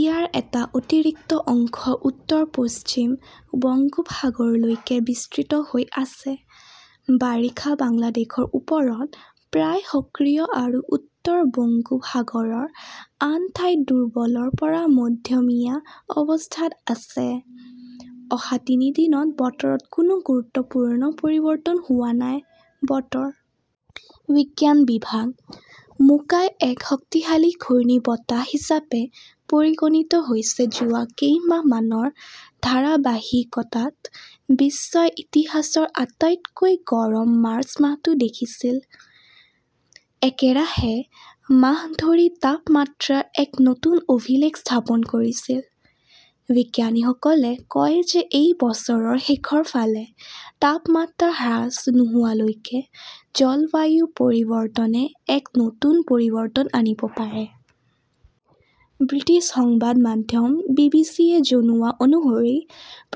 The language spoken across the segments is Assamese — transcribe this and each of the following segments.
ইয়াৰ এটা অতিৰিক্ত অংশ উত্তৰ-পশ্চিম বংগোপসাগৰলৈকে বিস্তৃত হৈ আছে। বাৰিষা বাংলাদেশৰ ওপৰত প্ৰায় সক্ৰিয় আৰু উত্তৰ বংগোপসাগৰৰ আন ঠাইত দুৰ্বলৰ পৰা মধ্যমীয়া অৱস্থাত আছে। অহা তিনি দিনত বতৰত কোনো গুৰুত্বপূৰ্ণ পৰিৱৰ্তন হোৱা নাই। বতৰ বিজ্ঞান বিভাগঃ মোকাই এক শক্তিশালী ঘূৰ্ণীবতাহ হিচাপে পৰিগণিত হৈছে যোৱা কেইমাহমানৰ ধাৰাবাহিকতাত বিশ্বই ইতিহাসৰ আটাইতকৈ গৰম মাৰ্চ মাহটো দেখিছিল। একেৰাহে মাহ ধৰি তাপমাত্ৰাৰ এক নতুন অভিলেখ স্থাপন কৰিছিল। বিজ্ঞানীসকলে কয় যে এই বছৰৰ শেষৰ ফালে তাপমাত্ৰা হ্ৰাস নোহোৱালৈকে জলবায়ু পৰিৱৰ্তনে এক নতুন পৰিৱৰ্তন আনিব পাৰে। ব্ৰিটিছ সংবাদ মাধ্যম বি. বি. চি. -য়ে জনোৱা অনুসৰি,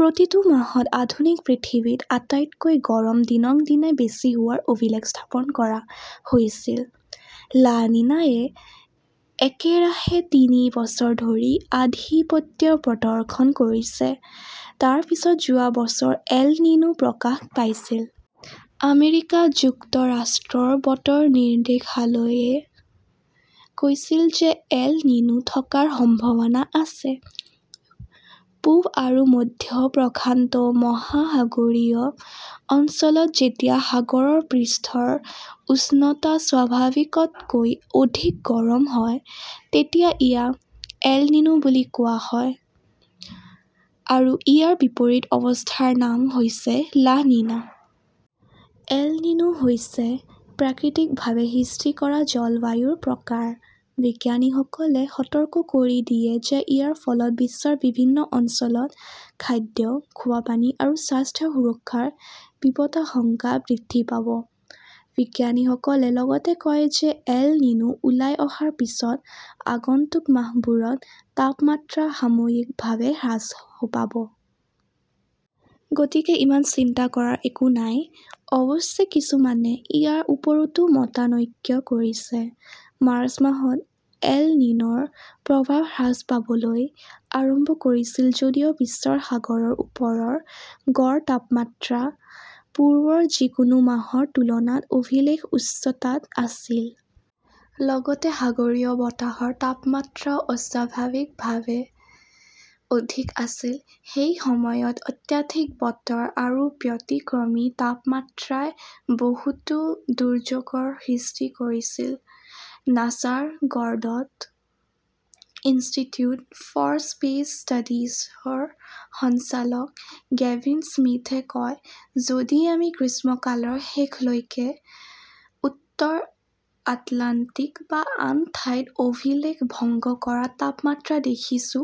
প্ৰতিটো মাহত আধুনিক পৃথিৱীত আটাইতকৈ গৰম দিনক দিনে বেছি হোৱাৰ অভিলেখ স্থাপন কৰা হৈছিল। "লা নিনা"-য়ে একেৰাহে তিনি বছৰ ধৰি আধিপত্য প্ৰদৰ্শন কৰিছে। তাৰ পিছত যোৱা বছৰ "এল নিনো" প্ৰকাশ পাইছিল। আমেৰিকা যুক্তৰাষ্ট্ৰৰ বতৰ নিৰ্দেশালয়ে কৈছিল যে এল নিনো থকাৰ সম্ভাৱনা‌ আছে। পূব আৰু মধ্য প্ৰশান্ত মহাসাগৰীয় অঞ্চলত যেতিয়া সাগৰৰ পৃষ্ঠৰ উষ্ণতা স্বাভাৱিকতকৈ অধিক গৰম হয় তেতিয়া ইয়াক এল নিনো বুলি কোৱা হয়। আৰু ইয়াৰ বিপৰীত অৱস্থাৰ নাম হৈছে লা নিনা। এল নিনো হৈছে প্ৰাকৃতিকভাৱে সৃষ্টি কৰা জলবায়ুৰ প্ৰকাৰ। বিজ্ঞানীসকলে সতৰ্ক কৰি দিয়ে যে ইয়াৰ ফলত বিশ্বৰ বিভিন্ন অঞ্চলত খাদ্য, খোৱা পানী আৰু স্বাস্থ্য সুৰক্ষাৰ বিপদাশংকা বৃদ্ধি পাব। বিজ্ঞানীসকলে লগতে কয় যে এল নিনো ওলাই অহাৰ পিছত আগন্তুক মাহবোৰত তাপমাত্ৰা সাময়িকভাৱে হ্ৰাস পাব। গতিকে ইমান চিন্তা কৰাৰ একো নাই। অৱশ্যে, কিছুমানে ইয়াৰ ওপৰতো মতানৈক্য কৰিছে। মাৰ্চ মাহত এল নিন "ৰ প্ৰভাৱ হ্ৰাস পাবলৈ আৰম্ভ কৰিছিল যদিও বিশ্বৰ সাগৰৰ ওপৰৰ গড় তাপমাত্ৰা পূৰ্বৰ যিকোনো মাহৰ তুলনাত অভিলেখ উচ্চতাত আছিল। লগতে সাগৰীয় বতাহৰ তাপমাত্ৰাও অস্বাভাৱিকভাৱে অধিক আছিল। সেই সময়ত অত্যাধিক বতৰ আৰু ব্যতিক্ৰমী তাপমাত্ৰাই বহুতো দুৰ্যোগৰ সৃষ্টি কৰিছিল। নাছাৰ গডৰ্ড ইনষ্টিটিউট ফৰ স্পেচ ষ্টাডিজৰ সঞ্চালক গেভিন স্মিথে কয়, "যদি আমি গ্ৰীষ্মকালৰ শেষলৈকে উত্তৰ আটলাণ্টিক বা আন ঠাইত অভিলেখ ভংগ কৰা তাপমাত্ৰা দেখিছোঁ,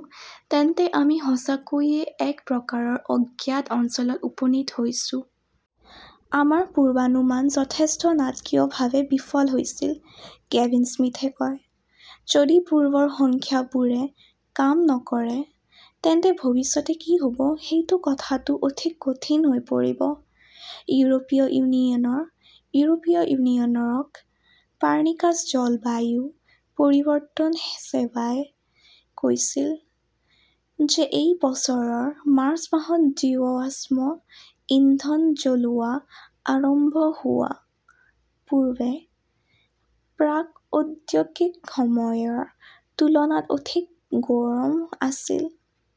তেন্তে আমি সঁচাকৈয়ে এক প্ৰকাৰৰ অজ্ঞাত অঞ্চলত উপনীত হৈছো। "আমাৰ পূৰ্বানুমান যথেষ্ট নাটকীয়ভাৱে বিফল হৈছিল", গেভিন স্মিথে কয়। যদি পূৰ্বৰ সংখ্যাবোৰে কাম নকৰে, তেন্তে ভৱিষ্যতে কি হ'ব সেইটো কোৱাটো অধিক কঠিন হৈ পৰিব। "ইউৰোপীয় ইউনিয়নৰ ইউৰোপীয় ইউনিয়নৰ ক 'পাৰ্নিকাছ জলবায়ু পৰিৱৰ্তন সেৱাই কৈছিল যে এই বছৰৰ মাৰ্চ মাহত জীৱাশ্ম ইন্ধন জ্বলোৱা আৰম্ভ হোৱাৰ পূৰ্বে প্ৰাক-ঔদ্যোগিক সময়ৰ তুলনাত অধিক গৰম আছিল।